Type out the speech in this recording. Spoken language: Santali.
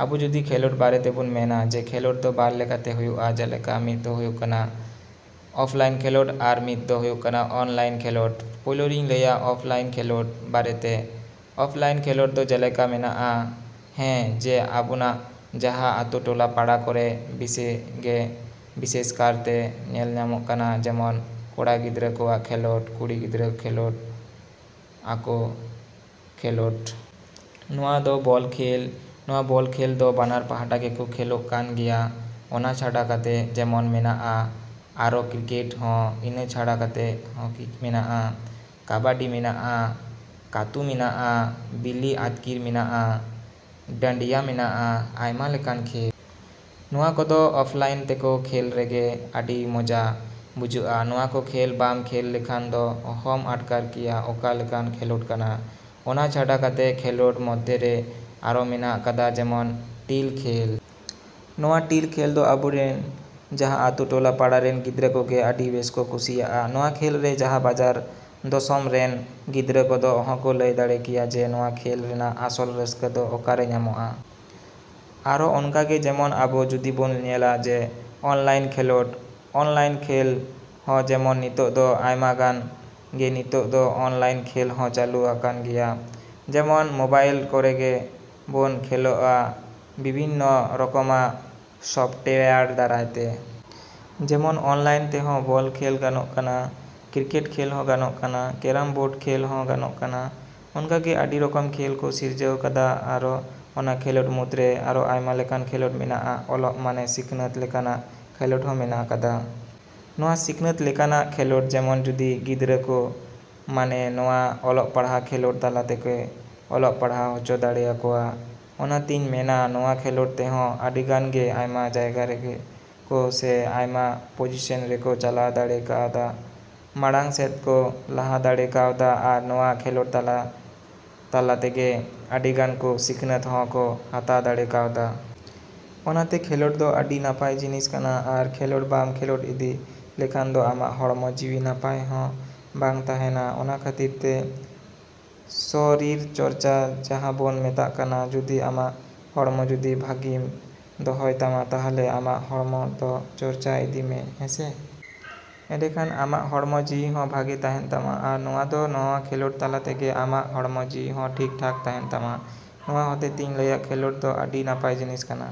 ᱟᱵᱚ ᱡᱩᱫᱤ ᱠᱷᱮᱞᱳᱰ ᱵᱟᱨᱮ ᱛᱮᱵᱚᱱ ᱢᱮᱱᱟ, ᱡᱮ ᱠᱷᱮᱞᱳᱰ ᱫᱚ ᱵᱟᱨ ᱞᱮᱠᱟᱛᱮ ᱦᱩᱭᱩᱜᱼᱟ᱾ ᱡᱮᱞᱮᱠᱟ ᱢᱤᱫ ᱦᱩᱭᱩᱜ ᱠᱟᱱᱟ ᱚᱯᱷᱞᱟᱭᱤᱱ ᱠᱷᱮᱞᱳᱰ ᱟᱨ ᱢᱤᱫ ᱫᱚ ᱦᱩᱭᱩᱜ ᱠᱟᱱᱟ ᱚᱱᱞᱟᱭᱤᱱ ᱠᱷᱮᱞᱳᱰ᱾ ᱯᱳᱭᱞᱚᱨᱤᱧ ᱞᱟᱹᱭᱟ ᱚᱯᱷᱞᱟᱭᱤᱱ ᱠᱷᱮᱞᱳᱰ ᱵᱟᱨᱮᱛᱮ᱾ ᱚᱯᱷᱞᱟᱭᱤᱱ ᱠᱷᱮᱞᱳᱰ ᱫᱚ ᱡᱮᱞᱮᱠᱟ ᱢᱮᱱᱟᱜᱼᱟ, ᱦᱮᱸ ᱡᱮ ᱟᱵᱚᱱᱟᱜ ᱡᱟᱦᱟᱸ ᱟᱛᱳ ᱴᱚᱞᱟ ᱯᱟᱲᱟ ᱠᱚᱨᱮ ᱵᱮᱥᱤᱜᱮ ᱵᱤᱥᱮᱥ ᱠᱟᱨᱛᱮ ᱧᱮᱞ ᱧᱟᱢᱚᱜ ᱠᱟᱱᱟ ᱡᱮᱢᱚᱱ ᱠᱚᱲᱟ ᱜᱤᱫᱽᱨᱟᱹ ᱠᱚᱣᱟᱜ ᱠᱷᱮᱞᱳᱰ, ᱠᱩᱲᱤ ᱜᱤᱫᱽᱨᱟᱹ ᱠᱷᱮᱞᱳᱜᱰ ᱟᱠᱚ ᱠᱷᱮᱞᱳᱰ᱾ ᱱᱚᱣᱟ ᱫᱚ ᱵᱚᱞ ᱠᱷᱮᱞ, ᱱᱚᱣᱟ ᱵᱚᱞ ᱠᱷᱮᱞ ᱫᱚ ᱵᱟᱱᱟᱨ ᱯᱟᱦᱴᱟ ᱜᱮᱠᱚ ᱠᱷᱮᱞᱳᱜ ᱠᱟᱱ ᱜᱮᱭᱟ᱾ ᱚᱱᱟ ᱪᱷᱟᱰᱟ ᱠᱟᱛᱮ ᱡᱮᱢᱚᱱ ᱢᱮᱱᱟᱜᱼᱟ ᱟᱨᱚ ᱠᱨᱤᱠᱮᱴ ᱦᱚᱸ, ᱤᱱᱟᱹ ᱪᱷᱟᱲᱟ ᱠᱟᱛᱮ ᱦᱚᱠᱤ ᱢᱮᱱᱟᱜᱼᱟ, ᱠᱟᱵᱟᱰᱤ ᱢᱮᱱᱟᱜᱼᱟ, ᱠᱟᱹᱛᱩ ᱢᱮᱱᱟᱜᱼᱟ, ᱵᱤᱞᱤ ᱟᱛᱠᱤᱨ ᱢᱮᱱᱟᱜᱼᱟ, ᱰᱟᱹᱰᱭᱟᱹ ᱢᱮᱱᱟᱜᱼᱟ, ᱟᱭᱢᱟ ᱞᱮᱠᱟᱱᱟᱜ ᱠᱷᱮᱞ᱾ ᱱᱚᱣᱟ ᱠᱚᱫᱚ ᱚᱯᱷᱞᱟᱭᱤᱱ ᱛᱮᱠᱚ ᱠᱷᱮᱞ ᱨᱮᱜᱮ ᱟᱹᱰᱤ ᱢᱚᱡᱟ ᱵᱩᱡᱷᱟᱹᱜᱼᱟ᱾ ᱱᱚᱣᱟ ᱠᱚ ᱠᱷᱮᱞ ᱵᱟᱢ ᱠᱷᱮᱞ ᱞᱮᱠᱷᱟᱱ ᱫᱚ ᱚᱦᱚᱢ ᱟᱴᱠᱟᱨ ᱠᱮᱭᱟ ᱚᱠᱟ ᱞᱮᱠᱟᱱ ᱠᱷᱮᱞᱳᱰ ᱠᱟᱱᱟ᱾ ᱚᱱᱟ ᱪᱷᱟᱰᱟ ᱠᱟᱛᱮ ᱠᱷᱮᱞᱳᱰ ᱢᱚᱫᱽᱫᱷᱮᱨᱮ ᱟᱨᱚ ᱢᱮᱱᱟᱜ ᱠᱟᱫᱟ ᱡᱮᱢᱚᱱ ᱴᱤᱞ ᱠᱷᱮᱞ᱾ ᱱᱚᱣᱟ ᱴᱤᱞ ᱠᱷᱮᱞ ᱫᱚ ᱟᱵᱚᱨᱮᱱ ᱡᱟᱦᱟᱸ ᱟᱛᱳ ᱴᱚᱞᱟ ᱯᱟᱲᱟ ᱨᱮᱱ ᱜᱤᱫᱽᱨᱟᱹ ᱠᱚᱜᱮ ᱟᱹᱰᱤ ᱵᱮᱥᱠᱚ ᱠᱩᱥᱤᱭᱟᱜᱼᱟ᱾ ᱱᱚᱣᱟ ᱠᱷᱮᱞ ᱨᱮ ᱡᱟᱦᱟᱸ ᱵᱟᱡᱟᱨ ᱫᱚᱥᱚᱢ ᱨᱮᱱ ᱜᱤᱫᱽᱨᱟᱹ ᱠᱚᱫᱚ ᱚᱦᱚᱠᱚ ᱞᱟᱹᱭ ᱫᱟᱲᱮ ᱠᱮᱭᱟ ᱡᱮ ᱱᱚᱣᱟ ᱠᱷᱮᱞ ᱨᱮᱱᱟᱜ ᱟᱥᱚᱞ ᱨᱟᱹᱥᱠᱟᱹ ᱫᱚ ᱚᱠᱟᱨᱮ ᱧᱟᱢᱚᱜᱼᱟ᱾ ᱟᱨᱚ ᱚᱱᱠᱟᱜᱮ ᱡᱮᱢᱚᱱ ᱟᱵᱚ ᱡᱩᱫᱤ ᱵᱚᱱ ᱧᱮᱞᱟ ᱡᱮ ᱚᱱᱞᱟᱭᱤᱱ ᱠᱷᱮᱞᱳᱰ᱾ ᱚᱱᱞᱟᱭᱤᱱ ᱠᱷᱮᱞ ᱦᱚᱸ ᱡᱮᱢᱚᱱ ᱱᱤᱛᱚᱜ ᱫᱚ ᱟᱭᱢᱟᱜᱟᱱᱜᱮ ᱱᱤᱛᱚᱜ ᱫᱚ ᱚᱱᱞᱟᱭᱤᱱ ᱠᱷᱮᱞ ᱦᱚᱸ ᱪᱟᱹᱞᱩ ᱟᱠᱟᱱ ᱜᱮᱭᱟ ᱡᱮᱢᱚᱱ ᱢᱳᱵᱟᱭᱤᱞ ᱠᱚᱨᱮᱜ ᱵᱚᱱ ᱠᱷᱮᱞᱮᱜᱼᱟ ᱵᱤᱵᱷᱤᱱᱱᱚ ᱨᱚᱠᱚᱢᱟᱜ ᱥᱚᱯᱷᱴᱣᱮᱭᱟᱨ ᱫᱟᱨᱟᱭ ᱛᱮ᱾ ᱡᱮᱢᱚᱱ ᱚᱱᱞᱟᱭᱤᱱ ᱛᱮᱦᱚᱸ ᱵᱚᱞ ᱠᱷᱮᱞ ᱜᱟᱱᱚᱜ ᱠᱟᱱᱟ, ᱠᱨᱤᱠᱮᱴ ᱠᱷᱮᱞ ᱦᱚᱸ ᱜᱟᱱᱚᱜ ᱠᱟᱱᱟ, ᱠᱮᱨᱟᱢ ᱵᱳᱨᱰ ᱠᱷᱮᱞ ᱦᱚᱸ ᱜᱟᱱᱚᱜ ᱠᱟᱱᱟ᱾ ᱚᱱᱠᱟᱜᱮ ᱟᱹᱰᱤ ᱨᱚᱠᱚᱢ ᱠᱷᱮᱞ ᱠᱚ ᱥᱤᱨᱡᱟᱹᱣ ᱠᱟᱫᱟ ᱟᱨᱚ ᱚᱱᱟ ᱠᱷᱮᱞᱳᱰ ᱢᱩᱫᱽᱨᱮ ᱟᱨᱚ ᱟᱭᱢᱟ ᱞᱮᱠᱟᱱ ᱠᱷᱮᱞᱳᱰ ᱢᱮᱱᱟᱜᱼᱟ, ᱚᱞᱚᱜ ᱢᱟᱱᱮ ᱥᱤᱠᱷᱱᱟᱹᱛ ᱞᱮᱠᱟᱱᱟᱜ ᱠᱷᱮᱞᱳᱰ ᱦᱚᱸ ᱢᱮᱱᱟᱜ ᱠᱟᱫᱟ᱾ ᱱᱚᱣᱟ ᱥᱤᱠᱷᱱᱟᱹᱛ ᱞᱮᱠᱟᱱᱟᱜ ᱠᱷᱮᱞᱳᱰ ᱡᱮᱢᱚᱱ ᱡᱩᱫᱤ ᱜᱤᱫᱽᱨᱟᱹ ᱠᱚ ᱢᱟᱱᱮ ᱱᱚᱣᱟ ᱚᱞᱚᱜ ᱯᱟᱲᱦᱟᱣ ᱠᱷᱮᱞᱳᱰ ᱛᱟᱞᱟ ᱛᱮᱜᱮ ᱚᱞᱚᱜ ᱯᱟᱲᱦᱟᱣ ᱦᱚᱪᱚ ᱫᱟᱲᱮᱭᱟᱠᱚᱣᱟ᱾ ᱚᱱᱟᱛᱮᱧ ᱢᱮᱱᱟ ᱱᱚᱣᱟ ᱠᱷᱮᱞᱳᱰ ᱛᱮᱦᱚᱸ ᱟᱹᱰᱤᱜᱟᱱ ᱜᱮ ᱟᱭᱢᱟ ᱡᱟᱭᱜᱟ ᱨᱮᱠᱚ ᱥᱮ ᱟᱭᱢᱟ ᱯᱚᱡᱤᱥᱮᱱ ᱨᱮᱠᱚ ᱪᱟᱞᱟᱣ ᱫᱟᱲᱮ ᱠᱟᱣᱫᱟ, ᱢᱟᱲᱟᱝ ᱥᱮᱫ ᱠᱚ ᱞᱟᱦᱟ ᱫᱟᱲᱮ ᱠᱟᱣᱫᱟ ᱟᱨ ᱱᱚᱣᱟ ᱠᱷᱮᱞᱳᱰ ᱛᱟᱞᱟ ᱛᱟᱞᱟ ᱛᱮᱜᱮ ᱟᱹᱰᱤᱜᱟᱱ ᱠᱚ ᱥᱤᱠᱷᱱᱟᱹᱛ ᱦᱚᱸ ᱠᱚ ᱦᱟᱛᱟᱣ ᱫᱟᱲᱮ ᱠᱟᱣᱫᱟ᱾ ᱚᱱᱟᱛᱮ ᱠᱷᱮᱞᱳᱰ ᱫᱚ ᱟᱹᱰᱤ ᱱᱟᱯᱟᱭ ᱡᱤᱱᱤᱥ ᱠᱟᱱᱟ ᱟᱨ ᱠᱷᱮᱞᱳᱰ ᱵᱟᱢ ᱠᱷᱮᱞᱳᱰ ᱤᱫᱤ ᱞᱮᱠᱷᱟᱱ ᱫᱚ ᱟᱢᱟᱜ ᱦᱚᱲᱢᱚ ᱡᱤᱣᱤ ᱱᱟᱯᱟᱭ ᱦᱚᱸ ᱵᱟᱝ ᱛᱟᱦᱮᱱᱟ᱾ ᱚᱱᱟ ᱠᱷᱟᱹᱛᱤᱨ ᱛᱮ ᱥᱚᱨᱤᱨ ᱪᱚᱨᱪᱟ ᱡᱟᱦᱟᱸ ᱵᱚᱱ ᱢᱮᱛᱟᱜ ᱠᱟᱱᱟ, ᱡᱩᱫᱤ ᱟᱢᱟᱜ ᱦᱚᱲᱢᱚ ᱡᱩᱫᱤ ᱵᱷᱟᱹᱜᱤᱢ ᱫᱚᱦᱚᱭ ᱛᱟᱢᱟ ᱛᱟᱦᱞᱮ ᱟᱢᱟᱜ ᱦᱚᱲᱢᱚ ᱫᱚ ᱪᱚᱨᱪᱟ ᱤᱫᱤ ᱢᱮ, ᱦᱮᱸᱥᱮ᱾ ᱮᱸᱰᱮᱠᱷᱟᱱ ᱟᱢᱟᱜ ᱦᱚᱲᱢᱚ ᱡᱤᱣᱤ ᱦᱚᱸ ᱵᱷᱟᱜᱮ ᱛᱟᱦᱮᱱ ᱛᱟᱢᱟ ᱟᱨ ᱱᱚᱣᱟ ᱫᱚ ᱱᱚᱣᱟ ᱠᱷᱮᱞᱳᱰ ᱛᱟᱞᱟ ᱛᱮᱜᱮ ᱟᱢᱟᱜ ᱦᱚᱲᱢᱚ ᱡᱤᱣᱤ ᱦᱚᱸ ᱴᱷᱤᱠ ᱴᱷᱟᱠ ᱛᱟᱦᱮᱱ ᱛᱟᱢᱟ᱾ ᱱᱚᱣᱟ ᱦᱚᱛᱮ ᱛᱮᱧ ᱞᱟᱹᱭᱟ ᱠᱷᱮᱞᱳᱰ ᱫᱚ ᱟᱹᱰᱤ ᱱᱟᱯᱟᱭ ᱡᱤᱱᱤᱥ ᱠᱟᱱᱟ᱾